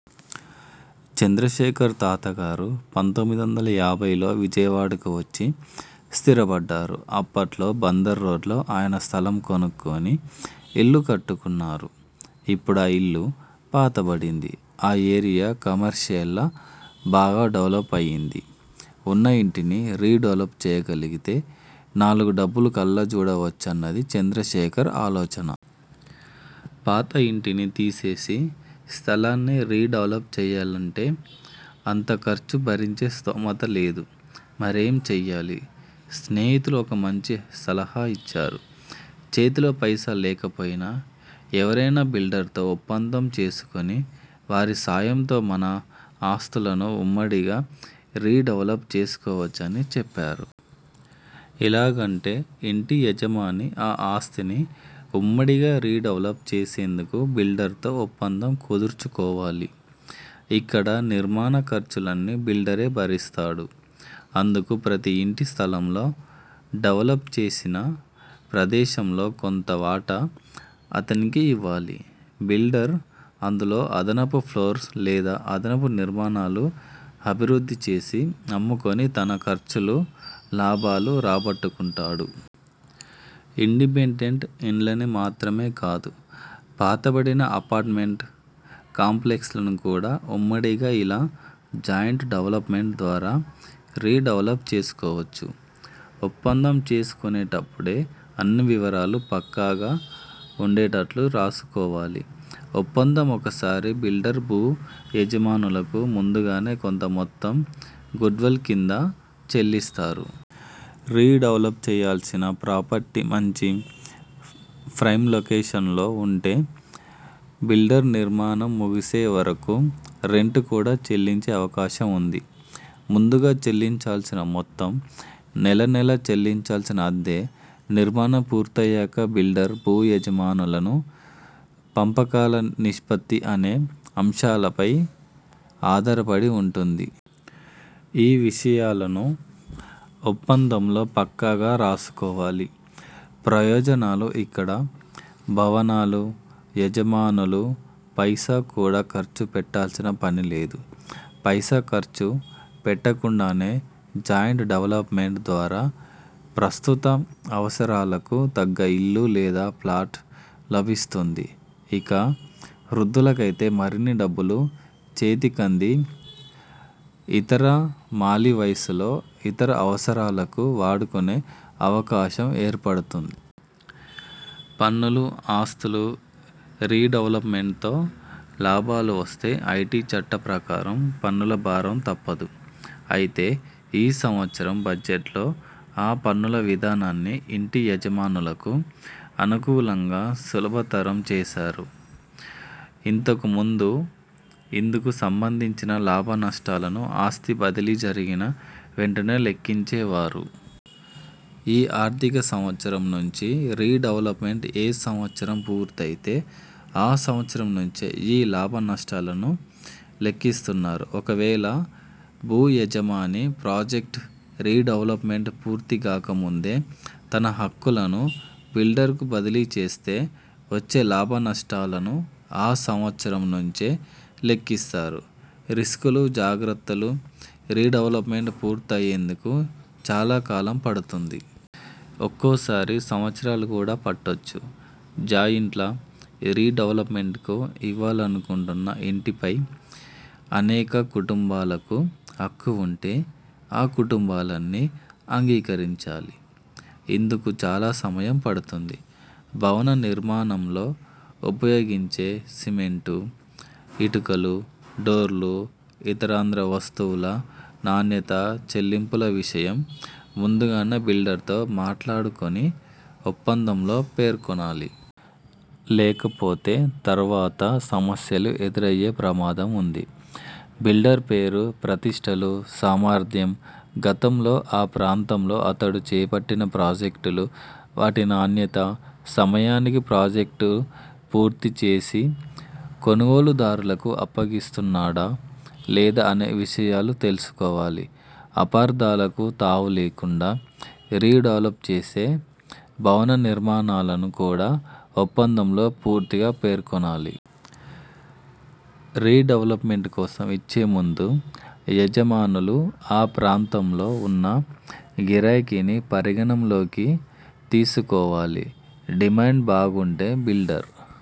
చంద్రశేఖర్ తాతగారు పంతొమ్మిది వందల యాభైల్లో విజయవాడకు వచ్చి స్థిరపడ్డారు. అప్పట్లో బందర్ రోడ్లో ఆయన స్థలం కొనుక్కొని ఇల్లు కట్టుకున్నారు. ఇప్పుడా ఇళ్లు పాతబడింది. ఆ ఏరియా కమర్షియల్గా బాగా డెవలప్ అయింది. ఉన్న ఇంటిని రీడెవలప్ చేయగలిగితే నాలుగు డబ్బులు కళ్ల జూడవచ్చన్నది చంద్రశేఖర్ ఆలోచన. పాత ఇంటిని తీసేసి స్థలాన్ని రీడెవలప్ చేయాలంటే అంత ఖర్చు భరించే స్తోమత లేదు. మరేం చేయాలి. స్నేహితులు ఒక మంచి సలహా ఇచ్చారు. చేతిలో పైసా లేకపోయినా, ఎవరైనా బిల్డర్తో ఒప్పందం చేసుకొని వారి సాయంతో మన ఆస్తులను ఉమ్మడిగా రీ డెవలప్ చేసుకోవచ్చని చెప్పారు. ఎలాగంటే, ఇంటి యజమాని ఆ ఆస్తిని ఉమ్మడిగా రీడెవలప్ చేసేందుకు బిల్డర్తో ఒప్పందం కుదుర్చుకోవాలి. ఇక్కడ నిర్మాణ ఖర్చులన్నీ బిల్డరే భరిస్తాడు. అందుకు ప్రతిగా ఇంటి స్థలంలో, డెవలప్ చేసిన ప్రదేశం లో కొంత వాటా అతడికి ఇవ్వాలి. బిల్డర్ అందులో అదనపు ఫ్లోర్ లేదా అదనపు నిర్మాణాలు అభివృద్ధి చేసి అమ్ముకుని తన ఖర్చులు, లాభాలు రాబట్టుకుంటాడు. ఇండిపెండెంట్ ఇళ్లను మాత్రమే కాదు పాతబడిన అపార్ట్మెంట్ కాంప్లెక్స్లను కూడా ఉమ్మడిగా ఇలా జాయింట్ డెవల్పమెంట్ ద్వారా రీడెవలప్ చేసుకోవచ్చు. ఒప్పందం చేసుకునేటపుడే అన్ని వివరాలు పక్కాగా ఉండేటట్టు రాసుకోవాలి. ఒప్పందం.. ఒక్కోసారి బిల్డర్ భూ యజమానులకు ముందుగానే కొంత మొత్తం గుడ్విల్ కింద చెల్లిస్తారు. రీడెవలప్ చేయాల్సిన ప్రాపర్టీ మంచి ప్రైమ్ లొకేషన్లో ఉంటే బిల్డర్ నిర్మాణం ముగిసే వరకు రెంట్ కూడా చెల్లించే అవకాశం ఉంది. ముందుగా చెల్లించాల్సిన మొత్తం, నెలనెలా చెల్లించాల్సిన అద్దె, నిర్మాణం పూర్తయ్యాక బిల్డర్, భూ యజమానుల పంపకాల నిష్పత్తి అనేక అంశాలపై ఆధారపడి ఉంటుంది. ఈ విషయాలనూ ఒప్పందంలో పక్కాగా రాసుకోవాలి. ప్రయోజనాలు ఇక్కడ భవనాల యజమానులు పైసా కూడా ఖర్చు పెట్టాల్సిన పని లేదు. పైసా ఖర్చు పెట్టకుండానే జాయింట్ డెవలప్మెంట్ ద్వారా ప్రస్తుత అవసరాలకు తగ్గ ఇల్లు లేదా ఫ్లాట్ లభిస్తుంది. ఇక వృద్ధులకైతే మరిన్ని డబ్బులు చేతికంది ఇతర మలి వయసులో ఇతర అవసరాలకు వాడుకునే అవకాశం ఏర్పడుతుంది. పన్నులు ఆస్తుల రీడెవలప్మెంట్తో లాభాలు వస్తే ఐటి చట్టం ప్రకారం పన్నుల భారం తప్పదు. అయితే ఈ సంవత్సరం బడ్జెట్లో ఈ పన్నుల విధానాన్ని ఇంటి యజమానులకు అనుకూలంగా సులభతరం చేశారు. ఇంతకు ముందు ఇందుకు సంబంధించిన లాభనష్టాలను ఆస్తి బదిలీ జరిగిన వెంటనే లెక్కించే వారు. ఈ ఆర్థిక సంవత్సరం నుంచి రీడెవల్పమెంట్ ఏ సంవత్సరం పూర్తయితే ఆ సంవత్సరం నుంచే ఈ లాభనష్టాలను లెక్కిస్తున్నారు. ఒకవేళ భూ యజమాని ప్రాజెక్టు రీడెవల్పమెంట్ పూర్తిగాక ముందే తన హక్కులను బిల్డర్కు బదిలీ చేస్తే వచ్చే లాభనష్టాలను ఆ సంవత్సరం నుంచే లెక్కిస్తారు. రిస్కులు జాగ్రత్తలు రీడెవలప్మెంట్ పూర్తయ్యేందుకు చాలా కాలం పడుతుంది. ఒక్కోసారి సంవత్సరాలు కూడా పట్టొచ్చు. జాయింట్గా రీడెవలప్మెంట్కు ఇవ్వాలనుకుంటున్న ఇంటిపై అనేక కుటుంబాలకు హక్కు ఉంటే ఆ కుటుంబాలన్నీ అంగీకరించాలి. ఇందుకు చాలా సమయం పడుతుంది. భవన నిర్మాణంలో ఉపయోగించే సిమెంట్, ఇటుకలు, డోర్లు, ఇతరత్రా వస్తువుల నాణ్యత, చెల్లింపుల విషయం ముందుగానే బిల్డర్తో మాట్లాడుకుని ఒప్పందంలో పేర్కొనాలి. లేకపోతే తర్వాత సమస్యలు ఎదురయ్యే ప్రమాదం ఉంది. బిల్డర్ పేరు ప్రతిష్ఠలు, సామర్థ్యం, గతంలో ఆ ప్రాంతంలో అతడు చేపట్టిన ప్రాజెక్టులు, వాటి నాణ్యత, సమయానికి ప్రాజెక్టు పూర్తి చేసి కొనుగోలుదారులకు అప్పగిస్తున్నాడా? లేదా? అనే విషయాలూ తెలుసుకోవాలి. అపార్థాలకు తావు లేకుండా రీడెవలప్ చేసే భవనం వివరాలను కూడా ఒప్పందంలో పూర్తిగా పేర్కొనాలి. రీడెవలప్మెంట్ కోసం ఇచ్చే ముందే యజమానులు ఆ ప్రాం తంలో ఉన్న గిరాకీని పరిగణనలోకి తీసుకోవాలి. డిమాండ్ బాగుంటే బిల్డర్